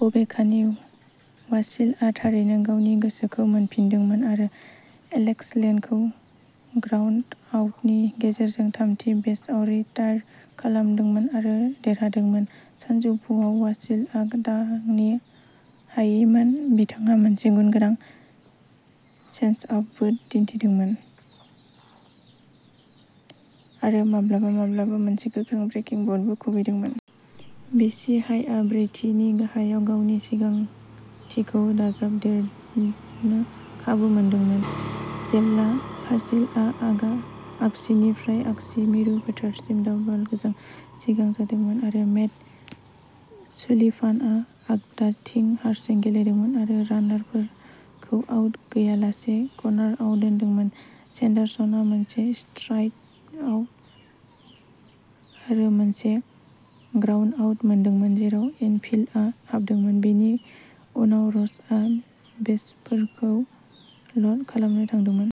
बबेखानि, वासिलआ थारैनो गावनि गोसोखौ मोनफिनदोंमोन आरो एलेक्स लेनखौ ग्राउन्डआउटनि गेजेरजों थामथि बेसआव रिटायर्ड खालामदोंमोन आरो देरहादोंमोन। सानजौफुआव वासिलआ दांनि हायिमोन। बिथाङा मोनसे गुनगोनां चेन्जआपबो दिन्थिदोंमोन, आरो माब्लाबा-माब्लाबा मोनसे गोख्रों ब्रेकिं बलबो खुबैदोंमोन। बि सि हाइआ ब्रैथि नि गाहायाव गावनि सिगांथिखौ दाजाबदेरनो खाबु मोनदोंमोन, जेब्ला भासिलआ आगा आगसिनिफ्राय आगसि मिरु फोथारसिम दाबलजों सिगां जादोंमोन आरो मेट सुलिभानआ आगदाथिं हारसिं गेलेदोंमोन आरो रानारफोरखौ आउट गैयालासे कर्नारआव दोनदोंमोन। सेन्डारसनआ मोनसे स्ट्राइकआउट आरो मोनसे ग्राउन्डआउट मोनदोंमोन, जेराव इनफिल्डआ हाबदोंमोन, बेनि उनाव र'चआ बेसफोरखौ ल'ड खालामनो थांदोंमोन।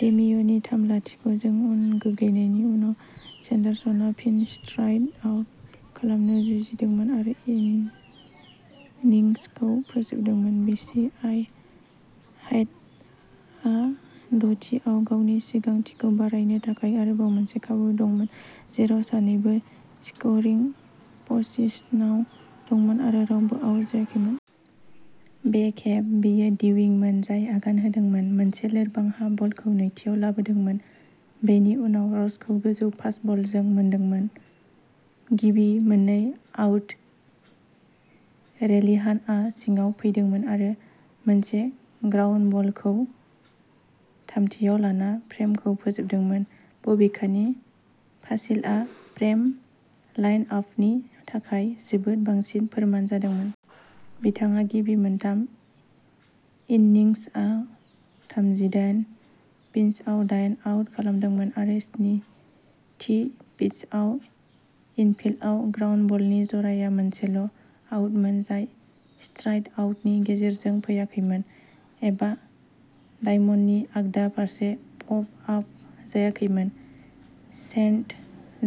डेमिय'नि थाम-लाथिख' जों उन गोग्लैनायनि उनाव, सेन्डारसनआ फिन स्ट्राइक आउट खालामनो जुजिदोंमोन आरो इनिंसखौ फोजोबदोंमोन। बि सि आइ हाइदआ द'थि आव गावनि सिगांथिखौ बारायनो थाखाय आरोबाव मोनसे खाबु दंमोन, जेराव सानैबो स्करिं पजिशनाव दंमोन आरो रावबो आउट जायाखैमोन। बे खेब बेयो डिउइंमोन जाय आगान होदोंमोन, मोनसे लोरबां हा बलखौ नैथिआव लाबोदोंमोन, बेनि उनाव रचखौ गोजौ फास्टबलजों मोनदोंमोन। गिबि मोननै आउट। रेलिहानआ सिङाव फैदोंमोन आरो मोनसे ग्राउन्डबलखौ थामथिआव लाना फ्रेमखौ फोजोबदोंमोन। बबेखानि, भासिलआ प्रेम लाइनआपनि थाखाय जोबोद बांसिन फोरमान जादोंमोन। बिथाङा गिबि मोनथाम इन्निंसआव थामजिदाइन पिचआव दाइन आउट खालामदोंमोन आरो स्निथि पिचआव इनफिल्डआव ग्राउन्डबलनि जराया मोनसेल'आउटमोन जाय स्ट्राइकआउटनि गेजेरजों फैयाखैमोन एबा डायमन्डनि आगदा फारसे पप आप जायाखैमोन। सेन्ट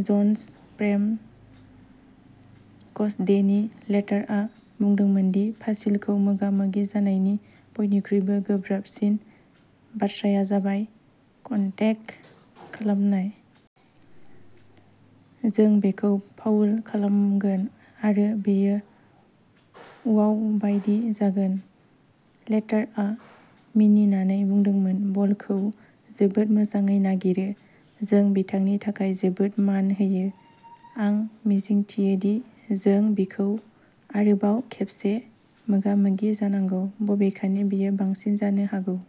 जन्स प्रेम कच डेनि लेटार्टआ बुंदोंमोन दि भासिलखौ मोगा-मोगि जानायनि बयनिख्रुइबो गोब्राबसिन बाथ्राया जाबाय कन्टेक खालामनाय। जों बेखौ फाउल खालामगोन आरो बेयो वाव बायदि जागोन। लेटार्टआ मिनिनानै बुंदोंमोन। बलखौ जोबोद मोजाङै नागिरो। जों बिथांनि थाखाय जोबोद मान होयो। आं मिजिंथियोदि जों बिखौ आरोबाव खेबसे मोगा-मोगि जानांगौ बबेखानि बेयो बांसिन जानो हागौ।